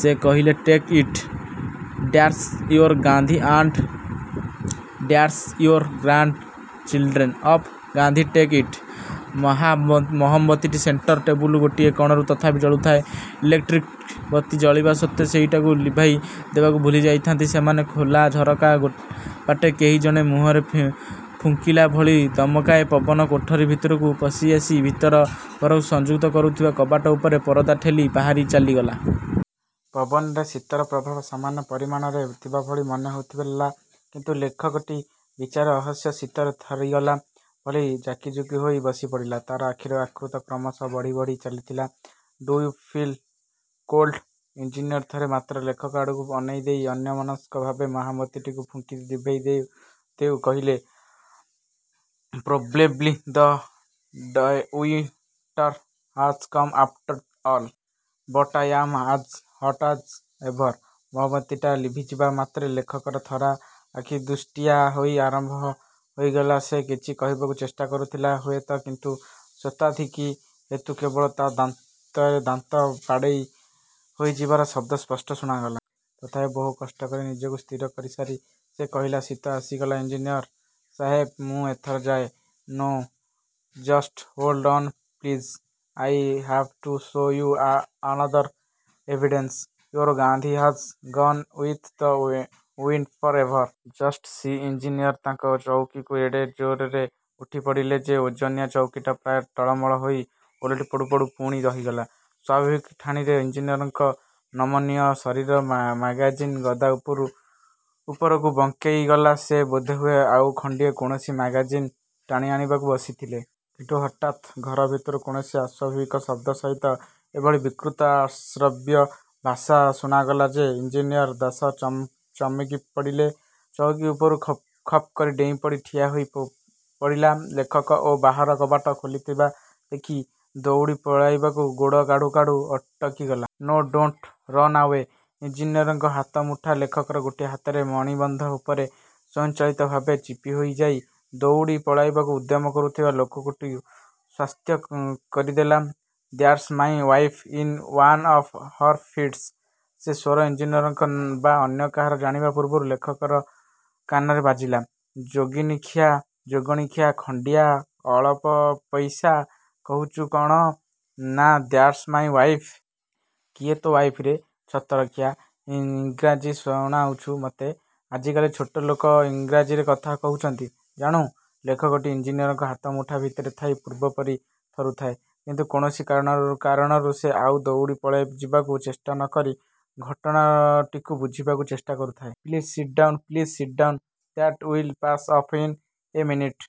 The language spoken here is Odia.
ସେ କହିଲେ, take it. That's your Gandhi and that's your grandchildren of Gandhi, take it. ମହମବତୀଟି ସେଣ୍ଟର ଟେବୁଲର ଗୋଟିଏ କଣରୁ ତଥାପି ଜଳୁଥାଏ। ଇଲେକ୍ଟ୍ରିକ ବତୀ ଜଳିବା ସତ୍ତ୍ୱେ ସେଇଟିକୁ ଲିଭାଇ ଦେବାକୁ ଭୁଲିଯାଇଥାନ୍ତି ସେମାନେ। ଖୋଲା ଝରକା ବାଟେ କେହି ଜଣେ ମୁହଁରେ ଫୁଙ୍କିଲା ଭଳି ଦମକାଏ ପବନ କୋଠରୀ ଭିତରକୁ ପଶିଆସି ଭିତର ଘରକୁ ସଂଯୁକ୍ତ କରୁଥିବା କବାଟ ଉପର ପରଦା ଠେଲି ବାହାରି ଚାଲିଗଲା। ପବନରେ ଶୀତର ପ୍ରଭାବ ସାମାନ୍ୟ ପରିମାଣରେ ଥିବା ଭଳି ମନେହେଉଥିଲା। କିନ୍ତୁ ଲେଖକଟି ବିଚରା ଅସହ୍ୟ ଶୀତରେ ଥରିଗଲା ଭଳି ଜାକିଜୁକି ହୋଇ ବସିପଡ଼ିଲା। ତାର ଆଖିର ଆକୃତି କ୍ରମଶଃ ବଢ଼ି ବଢ଼ି ଚାଲିଥିଲା। Do you feel cold? Engineer ଥରେ ମାତ୍ର ଲେଖକ ଆଡ଼କୁ ଅନେଇଦେଇ ଅନ୍ୟମନସ୍କ ଭାବେ ମହମବତୀଟିକୁ ଫୁଙ୍କି ଲିଭେଇ ଦେଉ ଦେଉ କହିଲେ, probably the winter has come after all. But I am as ହଟ ଆଜ ଏଭର। ମହମବତୀଟା ଲିଭିଯିବା ମାତ୍ରେ ଲେଖକର ଥରା ଆଖିଦୃଷ୍ଟିଆ ହୋଇ ଆରମ୍ଭ ହୋଇଗଲା। ସେ କିଛି କହିବାକୁ ଚେଷ୍ଟା କରୁଥିଲା ହୁଏତ, କିନ୍ତୁ ଶୈତ୍ୟାଧିକ୍ୟ ହେତୁ କେବଳ ତା' ଦାନ୍ତରେ ଦାନ୍ତ ବାଡ଼େଇ ହୋଇଯିବାର ଶବ୍ଦ ସ୍ପଷ୍ଟ ଶୁଣାଗଲା। ତଥାପି ବହୁ କଷ୍ଟ କରି ନିଜକୁ ସ୍ଥିର କରିସାରି ସେ କହିଲା, ଶୀତ ଆସିଗଲା ଇଞ୍ଜିନିୟର ସାହେବ, ମୁଁ ଏଥର ଯାଏ! No, just hold on please. I have to show you another evidence! Your Gandhi has gone with the wind for ever! Just see! Engineer ତାଙ୍କ ଚଉକିରୁ ଏଡ଼େ ଜୋରରେ ଉଠିପଡ଼ିଲେ ଯେ ଓଜନିଆ ଚଉକିଟା ପ୍ରାୟ ଟଳମଳ ହୋଇ ଓଲଟି ପଡ଼ୁପଡ଼ୁ ପୁଣି ରହିଗଲା। ସ୍ୱାଭାବିକ ଠାଣିରେ ଇଞ୍ଜିନିୟରଙ୍କ ନମନୀୟ ଶରୀର ମ୍ୟାଗାଜିନ ଗଦା ଉପରକୁ ବଙ୍କେଇଗଲା। ସେ ବୋଧହୁଏ ଆଉ ଖଣ୍ଡିଏ କୌଣସି ମ୍ୟାଗାଜିନ ଟାଣିଆଣିବାକୁ ବସିଥିଲେ। କିନ୍ତୁ ହଠାତ୍ ଘର ଭିତରୁ କୌଣସି ଅସ୍ୱାଭାବିକ ଶବ୍ଦ ସହିତ ଏଭଳି ବିକୃତ ଅଶ୍ରାବ୍ୟ ଭାଷା ଶୁଣାଗଲା ଯେ ଇଞ୍ଜିନିୟର ଦାସ ଚମକି ପଡ଼ିଲେ। ଚଉକି ଉପରୁ ଖପକରି ଡେଇଁପଡ଼ି ଠିଆ ହୋଇପଡ଼ିଲା ଲେଖକ ଓ ବାହାର କବାଟ ଖୋଲାଥିବା ଦେଖି ଦଉଡ଼ି ପଳେଇବାକୁ ଗୋଡ଼ କାଢ଼ୁ କାଢ଼ୁ ଅଟକିଗଲା। No, don't run away! ଇଞ୍ଜିନିୟରଙ୍କ ହାତମୁଠା ଲେଖକର ଗୋଟିଏ ହାତର ମଣିବନ୍ଧ ଉପରେ ସ୍ୱୟଂଚାଳିତ ଭାବେ ଚିପିହୋଇଯାଇ ଦଉଡ଼ି ପଳାଇବାକୁ ଉଦ୍ୟମ କରୁଥିବା ଲୋକଟିକୁ ସ୍ୱସ୍ଥ କରିଦେଲା। That's my wife in one of her fits! ସେ ସ୍ୱର ଇଞ୍ଜିନିୟରଙ୍କର ବା ଅନ୍ୟ କାହାର ଜାଣିବା ପୂର୍ବରୁ ଲେଖକର କାନରେ ବାଜିଲା, ଯୋଗିନୀଖିଆ, ଖଣ୍ଡିଆ, ଅଳପଇଷା, କହୁଛି କ'ଣ ନା ଦ୍ୟାଟ୍ସ ମାଇଁ ୱାଇଫ। କିଏ ତୋ ୱାଇଫ ରେ ଛତରଖିଆ! ଇଂରାଜୀ ଶୁଣୋଉଛୁ ମତେ? ଆଜିକାଲି ଛୋଟଲୋକେ ଇଂରେଜୀରେ କଥା କହୁଛନ୍ତି, ଜାଣୁ? ଲେଖକଟି ଇଞ୍ଜିନିୟରଙ୍କ ହାତମୁଠା ଭିତରେ ଥାଇ ପୂର୍ବପରି ଥରୁଥାଏ। କିନ୍ତୁ କୌଣସି କାରଣରୁ ସେ ଆଉ ଦଉଡ଼ି ପଳେଇଯିବାକୁ ଚେଷ୍ଟା ନ କରି ଘଟଣାଟିକୁ ବୁଝିବାକୁ ଚେଷ୍ଟା କରୁଥାଏ। Please sit down, please sit down, that will pass off in a minute!